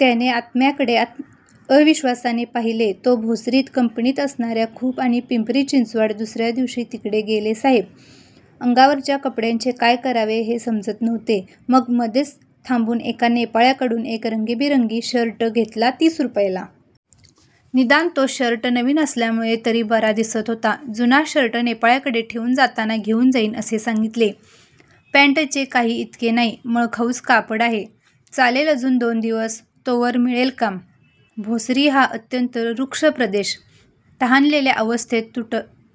त्याने आत्म्याकडे अविश्वासाने पाहिले. तो भोसरीत कंपन्या असतात खूप आणि पिंपरी चिंचवड! दुसर्या दिवशी तिकडे गेले साहेब! अंगावरच्या कपड्यांचे काय करावे हे समजत नव्हते. मग मध्येच थांबून एका नेपाळ्याकडुन एक रंगीबेरंगी शर्ट घेतला तीस रुपयाला! निदान तो शर्ट नवीन असल्यामुळे तरी बरा दिसत होता. जुना शर्ट नेपाळ्याकडे ठेवून 'जाताना घेऊन जाईन' असे सांगीतले. पँटचे काही इतके नाही. मळखाऊच कापड आहे. चालेल अजून दोन दिवस! तोवर मिळेल काम! भोसरी हा अत्यंत रुक्ष प्रदेश तहानलेल्या अवस्थेत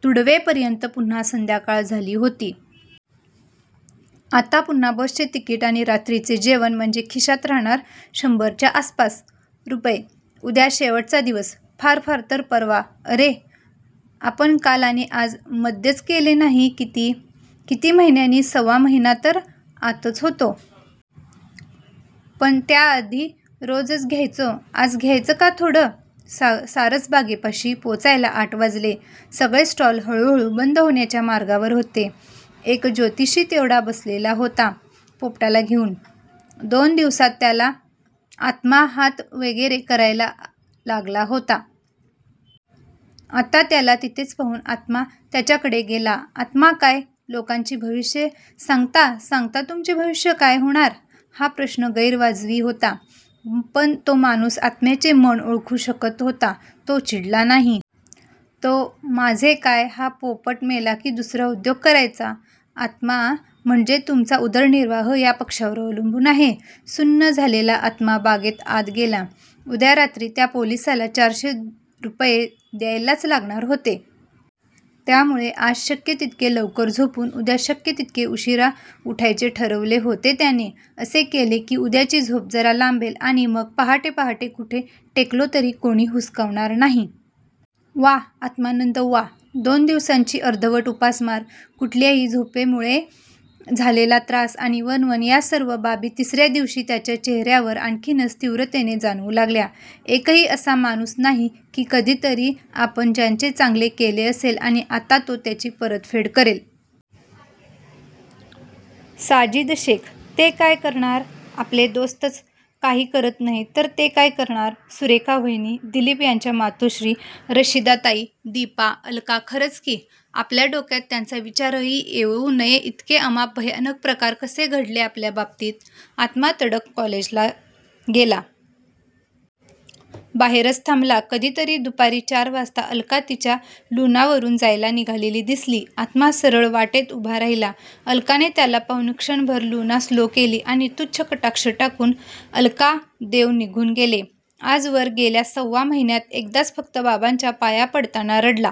तुडवेपर्यंत पुन्हा संध्याकाळ झाली होती. आता पुन्हा बसचे तिकीट आणि रात्रीचे जेवण! म्हणजे खिशात राहणार शंभरच्या आसपास रुपये! उद्या शेवटचा दिवस फार फार तर परवा अरे! आपण काल आणि आज, मद्यच घेतले नाही किती? किती महिन्यांनी, सव्वा महिना तर आतच होतो. पण त्या आधी रोजच घ्यायचो आज घ्यायचं का थोडं? सारसबागेपाशी पोचायला आठ वाजले. सगळे स्टॉल्स हळू-हळू बंद होण्याच्या मार्गावर होते. एक ज्योतिषी तेवढा बसलेला होता पोपटाला घेऊन! दोन दिवसात त्याला आत्मा हात वगैरे करायला लागला होता. आत्ता त्याला तिथेच पाहून आत्मा त्याच्याकडे गेला. आत्मा काय? लोकांची भविष्ये सांगता सांगता तुमचे भविष्य काय होणार? हा प्रश्न गैरवाजवी होता. पण तो माणूस आत्म्याचे मन ओळखू शकत होता. तो चिडला नाही. तो माझे काय? हा पोपट मेला की दुसरा उद्योग करायचा. आत्मा, म्हणजे तुमचा उदरनिर्वाह या पक्ष्यावर अवलंबून आहे? सुन्न झालेला आत्मा बागेत आत गेला. उद्या रात्री त्या पोलिसाला चारशे रुपये द्यायलाच लागणार होते. त्यामुळे आज शक्य तितके लवकर झोपून उद्या शक्य तितके उशीरा उठायचे ठरवले होते त्याने! असे केले की उद्याची झोप जरा लांबेल! आणि मग पहाटे पहाटे कुठे टेकलो तरी कोणी हुसकावणार नाही. व्वा आत्मानंद व्वा! दोन दिवसांची अर्धवट उपासमार, कुठेही झोपल्यामुळे झालेला त्रास आणि वणवण या सर्व बाबी तिसर्या दिवशी त्याच्या चेहर्यावर आणखीनच तीव्रतेने जाणवू लागल्या. एकही असा माणूस नाही? की कधीतरी आपण ज्याचे चांगले केले असेल आणि आत्ता तो त्याची परतफेड करेल? साजिद शेख? ते काय करणार आपले दोस्तच काही करत नाहीत तर ते काय करणार, सुरेखा वहिनी, दिलीप यांच्या मातु:श्री, रशिदाताई दीपा, अलका खरच की? आपल्या डोक्यात त्यांचा विचारही येऊ नये इतके अमाप भयानक प्रकार कसे घडले आपल्या बाबतीत, आत्मा तडक कॉलेजला गेला. बाहेरच थांबला, कधीतरी दुपारी चार वाजता अलका तिच्या लुनावरून जायला निघालेली दिसली. आत्मा सरळ वाटेत उभा राहिला. अलकाने त्याला पाहून क्षणभर लुना स्लो केली आणि तुच्छ कटाक्ष टाकून अलका देव निघून गेली. आजवर, गेल्या सव्वा महिन्यात एकदाच फक्त बाबांच्या पाया पडताना रडला.